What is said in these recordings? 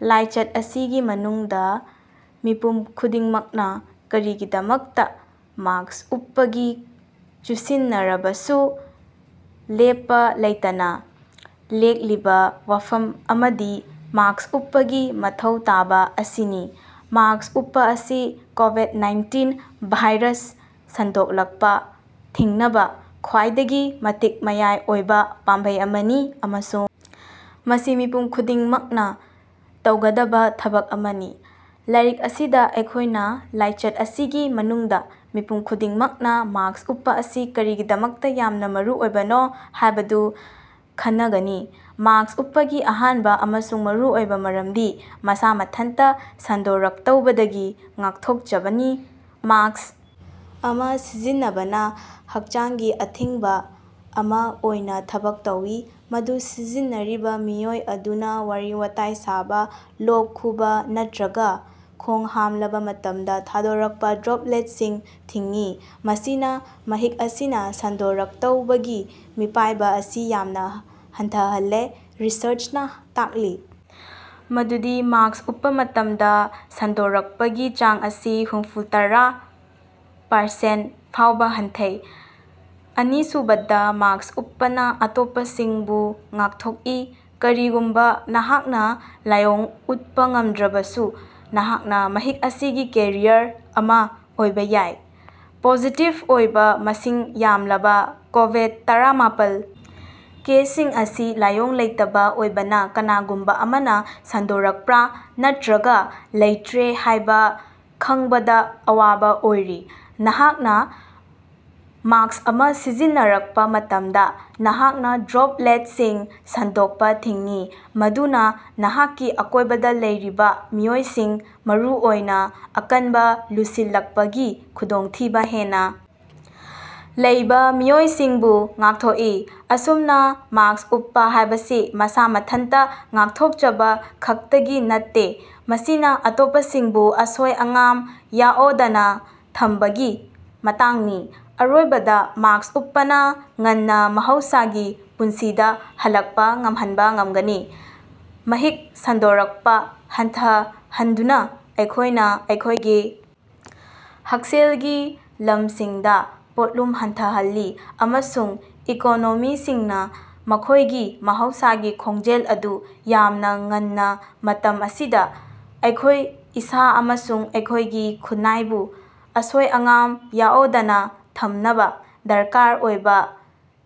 ꯂꯥꯏꯆꯠ ꯑꯁꯤꯒꯤ ꯃꯅꯨꯡꯗ ꯃꯤꯄꯨꯝ ꯈꯨꯗꯤꯡꯃꯛꯅ ꯀꯔꯤꯒꯤꯗꯃꯛꯇ ꯃꯥꯁ꯭ꯛ ꯎꯞꯄꯒꯤ ꯆꯨꯁꯤꯟꯅꯔꯕꯁꯨ ꯂꯦꯞꯄ ꯂꯩꯇꯅ ꯂꯦꯛꯂꯤꯕ ꯋꯥꯐꯝ ꯑꯃꯗꯤ ꯃꯥꯁ꯭ꯛ ꯎꯞꯄꯒꯤ ꯃꯊꯧ ꯇꯥꯕ ꯑꯁꯤꯅꯤ꯫ ꯃꯥꯁ꯭ꯛ ꯎꯞꯄ ꯑꯁꯤ ꯀꯣꯕꯤꯗ-ꯅꯥꯏꯟꯇꯤꯟ ꯚꯥꯏꯔꯁ ꯁꯟꯗꯣꯔꯛꯄ ꯊꯤꯡꯅꯕ ꯈ꯭ꯋꯥꯏꯗꯒꯤ ꯃꯇꯤꯛ ꯃꯌꯥꯏ ꯑꯣꯏꯕ ꯄꯥꯝꯕꯩ ꯑꯃꯅꯤ, ꯑꯃꯁꯨꯡ ꯃꯁꯤ ꯃꯤꯄꯨꯝ ꯈꯨꯗꯤꯡꯃꯛꯅ ꯇꯧꯒꯗꯕ ꯊꯕꯛ ꯑꯃꯅꯤ꯫ ꯂꯥꯏꯔꯤꯛ ꯑꯁꯤꯗ ꯑꯩꯈꯣꯏꯅ ꯂꯥꯏꯆꯠ ꯑꯁꯤꯒꯤ ꯃꯅꯨꯡꯗ ꯃꯤꯄꯨꯝ ꯈꯨꯗꯤꯡꯃꯛꯅ ꯃꯥꯁ꯭ꯛ ꯎꯞꯄ ꯑꯁꯤ ꯀꯔꯤꯒꯤꯗꯃꯛ ꯌꯥꯝꯅ ꯃꯔꯨꯑꯣꯏꯕꯅꯣ ꯍꯥꯏꯕꯗꯨ ꯈꯟꯅꯒꯅꯤ꯫ ꯃꯥꯁ꯭ꯛ ꯎꯞꯄꯒꯤ ꯑꯍꯥꯟꯕ ꯑꯃꯁꯨꯡ ꯃꯔꯨꯑꯣꯏꯕ ꯃꯔꯝꯗꯤ ꯃꯁꯥ ꯃꯊꯟꯇ ꯁꯟꯗꯣꯔꯛꯇꯧꯕꯗꯒꯤ ꯉꯥꯛꯊꯣꯛꯆꯕꯅꯤ꯫ ꯃꯥꯁ꯭ꯛ ꯑꯃ ꯁꯤꯖꯤꯟꯅꯕꯅ ꯍꯛꯆꯥꯡꯒꯤ ꯑꯊꯤꯡꯕ ꯑꯃ ꯑꯣꯏꯅ ꯊꯕꯛ ꯇꯧꯏ, ꯃꯗꯨ ꯁꯤꯖꯤꯟꯅꯔꯤꯕ ꯃꯤꯑꯣꯏ ꯑꯗꯨꯅ ꯋꯥꯔꯤ-ꯋꯥꯇꯥꯏ ꯁꯥꯕ, ꯂꯣꯛ ꯈꯨꯕ ꯅꯠꯇ꯭ꯔꯒ ꯈꯣꯡ ꯍꯥꯝꯂꯕ ꯃꯇꯝꯗ ꯊꯥꯗꯣꯔꯛꯄ ꯗ꯭ꯔꯣꯄꯂꯦꯠꯁꯤꯡ ꯊꯤꯡꯏ꯫ ꯃꯁꯤꯅ ꯃꯍꯤꯛ ꯑꯁꯤꯅ ꯁꯟꯗꯣꯔꯛꯇꯧꯕꯒꯤ ꯃꯤꯄꯥꯏꯕ ꯑꯁꯤ ꯌꯥꯝꯅ ꯍꯟꯊꯍꯜꯂꯤ꯫ ꯔꯤꯁ꯭ꯔꯆꯅ ꯇꯥꯛꯂꯤ ꯃꯗꯨꯗꯤ ꯃꯥꯁ꯭ꯛ ꯎꯞꯄ ꯃꯇꯝꯗ ꯁꯟꯗꯣꯔꯛꯄꯒꯤ ꯆꯥꯡ ꯑꯁꯤ ꯍꯨꯝꯐꯨꯇꯔꯥ ꯄꯥꯔꯁꯦꯟꯠ ꯐꯥꯑꯎꯕ ꯍꯟꯊꯩ꯫ ꯑꯅꯤꯁꯨꯕꯗ, ꯃꯥꯁ꯭ꯛ ꯎꯞꯄꯅ ꯑꯇꯣꯞꯄꯁꯤꯡꯕꯨ ꯉꯥꯛꯊꯣꯛꯏ꯫ ꯀꯔꯤꯒꯨꯝꯕ ꯅꯍꯥꯛꯅ ꯂꯥꯏꯑꯣꯡ ꯎꯠꯄ ꯉꯝꯗ꯭ꯔꯕꯁꯨ, ꯅꯍꯥꯛꯅ ꯃꯍꯤꯛ ꯑꯁꯤꯒꯤ ꯀꯦꯔꯤꯌꯔ ꯑꯃ ꯑꯣꯏꯕ ꯌꯥꯏ꯫ ꯄꯣꯖꯤꯇꯤꯕ ꯑꯣꯏꯕ ꯃꯁꯤꯡ ꯌꯥꯝꯂꯕ ꯀꯣꯕꯤꯗ-ꯇꯔꯥꯃꯥꯄꯜ ꯀꯦꯁꯁꯤꯡ ꯑꯁꯤ ꯂꯥꯏꯑꯣꯡ ꯂꯩꯇꯕ ꯑꯣꯏꯕꯅ ꯀꯅꯥꯒꯨꯝꯕ ꯑꯃꯅ ꯁꯟꯗꯣꯛꯄ꯭ꯔ ꯅꯠꯇ꯭ꯔꯒ ꯂꯩꯇ꯭ꯔꯦ ꯍꯥꯏꯕ ꯈꯪꯕꯗ ꯑꯋꯥꯕ ꯑꯣꯏꯔꯤ꯫ ꯅꯍꯥꯛꯅ ꯃꯥꯁ꯭ꯛ ꯑꯃ ꯁꯤꯖꯤꯟꯅꯔꯛꯄ ꯃꯇꯝꯗ, ꯅꯍꯥꯛꯅ ꯗ꯭ꯔꯣꯄꯂꯦꯠꯁꯤꯡ ꯁꯟꯗꯣꯛꯄ ꯊꯤꯡꯏ, ꯃꯗꯨꯅ ꯅꯍꯥꯛꯀꯤ ꯑꯀꯣꯏꯕꯗ ꯂꯩꯔꯤꯕ ꯃꯤꯑꯣꯏꯁꯤꯡ, ꯃꯔꯨꯑꯣꯏꯅ ꯑꯀꯟꯕ ꯂꯨꯁꯤꯜꯂꯛꯄꯒꯤ ꯈꯨꯗꯣꯡꯊꯤꯕ ꯍꯦꯟꯅ ꯂꯩꯕ ꯃꯤꯑꯣꯏꯁꯤꯡꯕꯨ ꯉꯥꯛꯊꯣꯛꯏ꯫ ꯑꯁꯨꯝꯅ, ꯃꯥꯁ꯭ꯛ ꯎꯞꯄ ꯍꯥꯏꯕꯁꯤ ꯃꯁꯥ ꯃꯊꯟꯇ ꯉꯥꯛꯊꯣꯛꯆꯕ ꯈꯛꯇꯒꯤ ꯅꯠꯇꯦ, ꯃꯁꯤ ꯑꯇꯣꯞꯄꯁꯤꯡꯕꯨ ꯑꯁꯣꯏ ꯑꯉꯥꯝ ꯌꯥꯑꯣꯗꯅ ꯊꯝꯕꯒꯤ ꯃꯇꯥꯡꯅꯤ꯫ ꯑꯔꯣꯏꯕꯗ ꯃꯥꯁ꯭ꯛ ꯎꯞꯄꯅ ꯉꯟꯅ ꯃꯍꯧꯁꯥꯒꯤ ꯄꯨꯟꯁꯤꯗ ꯍꯜꯂꯛꯄ ꯉꯝꯍꯟꯕ ꯉꯝꯒꯅꯤ꯫ ꯃꯍꯤꯛ ꯁꯟꯗꯣꯔꯛꯄ ꯍꯟꯊꯍꯟꯗꯨꯅ ꯑꯩꯈꯣꯏꯅ ꯑꯩꯈꯣꯏꯒꯤ ꯍꯛꯁꯦꯜꯒꯤ ꯂꯝꯁꯤꯡꯗ ꯄꯣꯠꯂꯨꯝ ꯍꯟꯊꯍꯜꯂꯤ, ꯑꯃꯁꯨꯡ ꯏꯀꯣꯅꯣꯃꯤꯁꯤꯡꯅ ꯃꯈꯣꯏꯒꯤ ꯃꯍꯧꯁꯥꯒꯤ ꯈꯣꯡꯖꯦꯜ ꯑꯗꯨ ꯌꯥꯝꯅ ꯉꯟꯅ ꯃꯇꯝ ꯑꯁꯤꯗ, ꯑꯩꯈꯣꯏ ꯏꯁꯥ ꯑꯃꯁꯨꯡ ꯑꯩꯈꯣꯏꯒꯤ ꯈꯨꯟꯅꯥꯏꯕꯨ ꯑꯁꯣꯏ ꯑꯉꯥꯝ ꯌꯥꯑꯣꯗꯅ ꯊꯝꯅꯕ ꯗꯔꯀꯥꯔ ꯑꯣꯏꯕ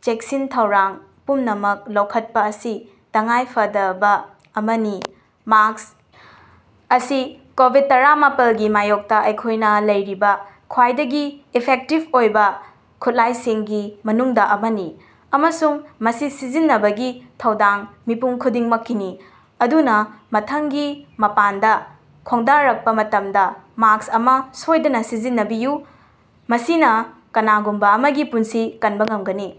ꯆꯦꯛꯁꯤꯟ ꯊꯧꯔꯥꯡ ꯄꯨꯝꯅꯃꯛ ꯂꯧꯈꯠꯄ ꯑꯁꯤ ꯇꯉꯥꯏꯐꯗꯕ ꯑꯃꯅꯤ꯫ ꯃꯥꯁ꯭ꯛ ꯑꯁꯤ ꯀꯣꯕꯤꯗ- ꯇꯔꯥꯃꯥꯄꯜ ꯒꯤ ꯃꯥꯌꯣꯛꯇ ꯑꯩꯈꯣꯏꯅ ꯂꯩꯔꯤꯕ ꯈ꯭ꯋꯥꯏꯗꯒꯤ ꯏꯐꯦꯛꯇꯤꯕ ꯑꯣꯏꯕ ꯈꯨꯠꯂꯥꯏꯁꯤꯡꯒꯤ ꯃꯅꯨꯡꯗ ꯑꯃꯅꯤ, ꯑꯃꯁꯨꯡ ꯃꯁꯤ ꯁꯤꯖꯤꯟꯅꯕꯒꯤ ꯊꯧꯗꯥꯡ ꯃꯤꯄꯨꯝ ꯈꯨꯗꯤꯡꯃꯛꯀꯤꯅꯤ꯫ ꯑꯗꯨꯅ ꯃꯊꯪꯒꯤ ꯃꯄꯥꯟꯗ ꯈꯣꯡꯗꯥꯔꯛꯄ ꯃꯇꯝꯗ, ꯃꯥꯁ꯭ꯛ ꯑꯃ ꯁꯣꯏꯗꯅ ꯁꯤꯖꯤꯟꯅꯕꯤꯌꯨ – ꯃꯁꯤꯅ ꯀꯅꯥꯒꯨꯝꯕ ꯑꯃꯒꯤ ꯄꯨꯟꯁꯤ ꯀꯟꯕ ꯉꯝꯒꯅꯤ꯫